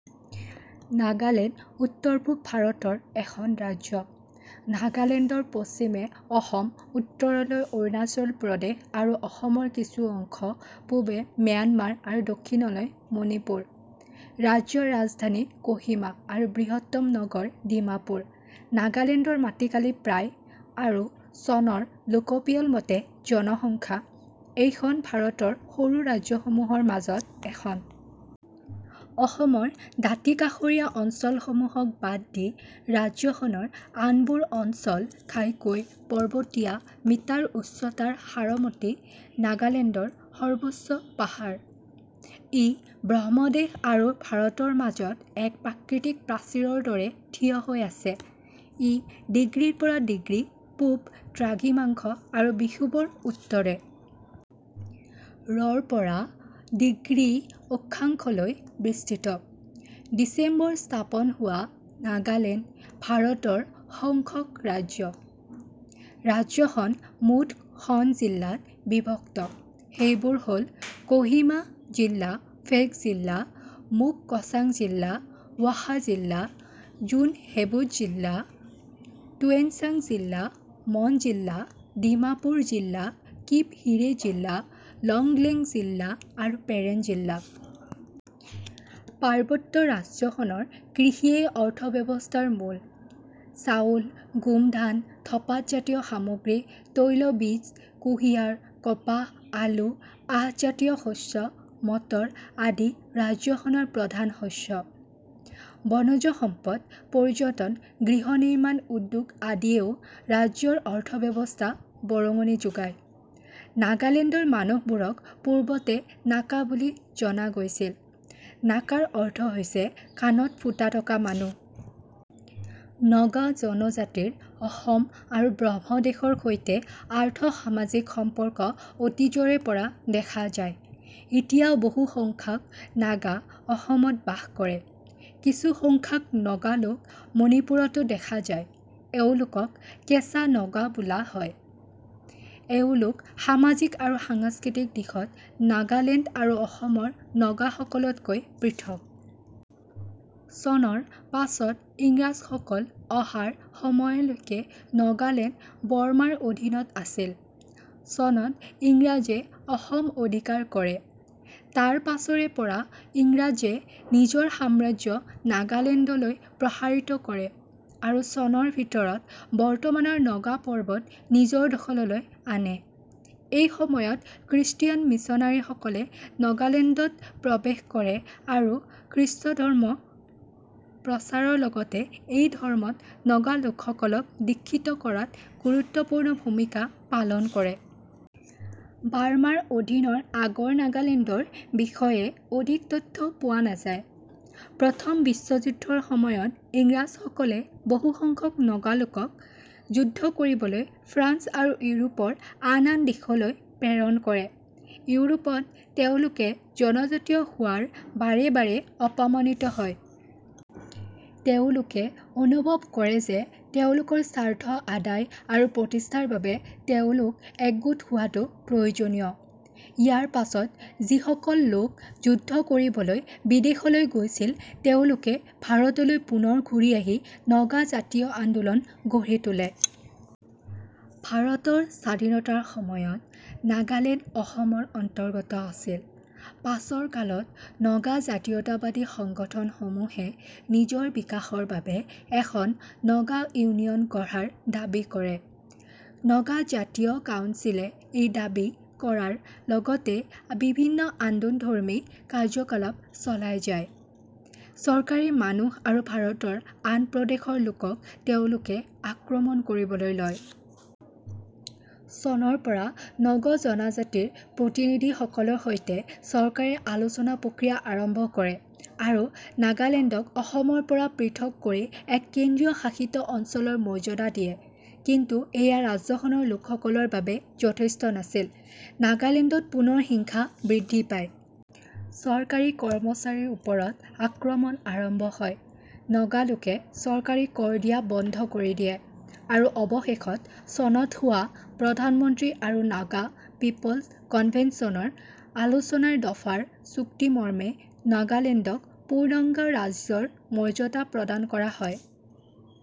নাগালেণ্ড উত্তৰ-পূব ভাৰত ৰ এখন ৰাজ্য। নাগালেণ্ডৰ পশ্চিমে অসম, উত্তৰলৈ অৰুণাচল প্ৰদেশ আৰু অসমৰ কিছু অংশ, পূৱে ম্যানমাৰ আৰু দক্ষিণলৈ মণিপুৰ। ৰাজ্যৰ ৰাজধানী ক'হিমা, আৰু বৃহত্তম নগৰ ডিমাপুৰ, নাগালেণ্ডৰ মাটিকালি প্ৰায় আৰু চনৰ লোকপিয়ল মতে জনসংখ্যা, এইখন ভাৰত ৰ সৰু ৰাজ্যসমূহৰ মাজত এখন। অসমৰ দাঁতিকাষৰীয়া অঞ্চল সমূহক বাদ দি ৰাজ্য খনৰ আনবোৰ অঞ্চল ঘাইকৈ পৰ্বতীয়া, মিটাৰ ঊচ্চতাৰ সাৰামতি নাগালেণ্ডৰ সৰ্বোচ্চ পাহাৰ, ই ব্ৰহ্মদেশ আৰু ভাৰতৰ মাজত এক প্ৰাকৃতিক প্ৰাচীৰৰ দৰে থিয় হৈ আছে। ই ডিগ্ৰীৰ পৰা ডিগ্ৰী পূৱ দ্ৰাঘিমাংশ আৰু বিষুৱ ৰ উত্তৰে. ৰ পৰা ডিগ্ৰী অক্ষাংশলৈ বিস্তৃত। ডিচেম্বৰ স্থাপন হোৱা নাগালেণ্ড ভাৰতৰ সংখ্যক ৰাজ্য, ৰাজ্যখন মুঠ খন জিলাত বিভক্ত, সেইবোৰ হ'ল: ক'হিমা জিলা, ফেক জিলা, মুককচাং জিলা, ৱ'খা জিলা, জুনহেবুট' জিলা, টুৱেনচাং জিলা, মন জিলা, ডিমাপুৰ জিলা, কিপহিৰে জিলা, লংগ্লেং জিলা আৰু পেৰেণ জিলা. পাৰ্বত্য ৰাজ্যখনৰ কৃষিয়েই অৰ্থব্যৱস্থাৰ মূল। চাউল, গোমধান, ধপাতজাতীয় সামগ্ৰী, তৈলবীজ, কুহিঁয়াৰ, কপাহ, আলু, আহঁজাতীয় শস্য, মতৰ আদি ৰাজ্যখনৰ প্ৰধান শস্য। বনজ সম্পদ, পৰ্যটন, গৃহনিৰ্মাণ ঊদ্যোগ আদিয়েও ৰাজ্যৰ অৰ্থব্যৱস্থা বৰঙণি যোগাই। নাগালেণ্ডৰ মানুহবোৰক পূৰ্বতে নাকা বুলি জনা গৈছিল, নাকাৰ অৰ্থ হৈছে কাণত ফুটা থকা মানুহ। নগা জনজাতিৰ অসম আৰু ব্ৰহ্মদেশৰ সৈতে আৰ্থ-সামাজিক সম্পৰ্ক অতীজৰে পৰা দেখা যায়। এতিয়াও বহু সংখ্যাক নগা অসমত বাস কৰে, কিছু সংখ্যাক নগালোক মণিপুৰ তো দেখা যায়, এওঁলোকক কেঁচা নগা বোলা হয়, এওঁলোক সামাজিক আৰু সাংস্কৃতিক দিশত নাগালেণ্ড আৰু অসমৰ নগাসকলতকৈ পৃথক। চনৰ পাছত ইংৰাজসকল অহাৰ সময়লৈকে নগালেণ্ড বাৰ্মাৰ অধীনত আছিল, চনত ইংৰাজে অসম অধিকাৰ কৰে, তাৰ পাছৰে পৰা ইংৰাজে নিজৰ সাম্ৰাজ্য নাগালেণ্ডলৈ প্ৰসাৰিত কৰে আৰু চনৰ ভিতৰত বৰ্তমানৰ নগা পৰ্বত নিজৰ দখললৈ আনে, এই সময়ত খৃষ্টিয়ান মিচনেৰী সকলে নগালেণ্ডত প্ৰৱেশ কৰে আৰু খ্ৰীষ্ট ধৰ্ম প্ৰচাৰৰ লগতে এই ধৰ্মত নগা লোকসকলক দীক্ষিত কৰাত গুৰুত্বপূৰ্ণ ভূমিকা পালন কৰে। বাৰ্মাৰ অধীনৰ আগৰ নাগালেণ্ডৰ বিষয়ে অধিক তথ্য পোৱা নাযায়। প্ৰথম বিশ্বযুদ্ধৰ সময়ত ইংৰাজসকলে বহু সংখ্যক নগা লোকক যুদ্ধ কৰিবলৈ ফ্ৰান্স আৰু ইউৰোপৰ আন আন দেশলৈ প্ৰেৰণ কৰে, ইউৰোপত তেওঁলোকে জনজাতীয় হোৱাৰ বাৰে বাৰে অপমানিত হয়। তেওঁলোকে অনুভৱ কৰে যে তেওঁলোকৰ স্বাৰ্থ আদায় আৰু প্ৰতিষ্ঠাৰ বাবে তেওঁলোক একগোট হোৱাটো প্ৰয়োজনীয়। ইয়াৰ পাছত যি সকল লোক যুদ্ধ কৰিবলৈ বিদেশলৈ গৈছিল তেওঁলোকে ভাৰতলৈ পুনৰ ঘূৰি আহি নগা জাতীয় আন্দোলন গঢ়ি তোলে। ভাৰতৰ স্বাধীনতাৰ সময়ত নাগালেণ্ড অসমৰ অন্তৰ্গত আছিল, পাছৰ কালত নগা জাতীয়তাবাদী সংগঠন সমূহে নিজৰ বিকাশৰ বাবে এখন নগা ইউনিয়ন গঢ়াৰ দাবী কৰে, নগা জাতীয় কাউঞ্চিলে এই দাবী কৰাৰ লগতে বিভিন্ন আন্দোনধৰ্মী কাৰ্যকলাপ চলাই যায়, চৰকাৰী মানুহ আৰু ভাৰতৰ আন প্ৰদেশৰ লোকক তেওঁলোকে আক্ৰমণ কৰিবলৈ লয়। চনৰ পৰা নগা জনজাতীৰ প্ৰতিনিধি সকলৰ সৈতে চৰকাৰে আলোচনা প্ৰক্ৰিয়া আৰম্ভ কৰে, আৰু নাগালেণ্ডক অসমৰ পৰা পৃথক কৰি এক কেন্দ্ৰীয় শাসিত অঞ্চলৰ মৰ্যাদা দিয়ে, কিন্তু এয়া ৰাজ্যখনৰ লোকসকলৰ বাবে যথেষ্ট নাছিল। নাগালেণ্ডত পুনৰ হিংসা বৃদ্ধি পায়। চৰকাৰী কৰ্মচাৰীৰ ওপৰত আক্ৰমণ আৰম্ভ হয়। নগালোকে চৰকাৰী কৰ দিয়া বন্ধ কৰি দিয়ে আৰু অৱশেষত চনত হোৱা প্ৰধানমন্ত্ৰী আৰু নাগা পিপ'ল কনভেনচনৰ আলোচনাৰ দফাৰ চুক্তি মৰ্মে নাগালেণ্ডক পূৰ্ণাংগ ৰাজ্যৰ মৰ্যাদা প্ৰদান কৰা হয়।।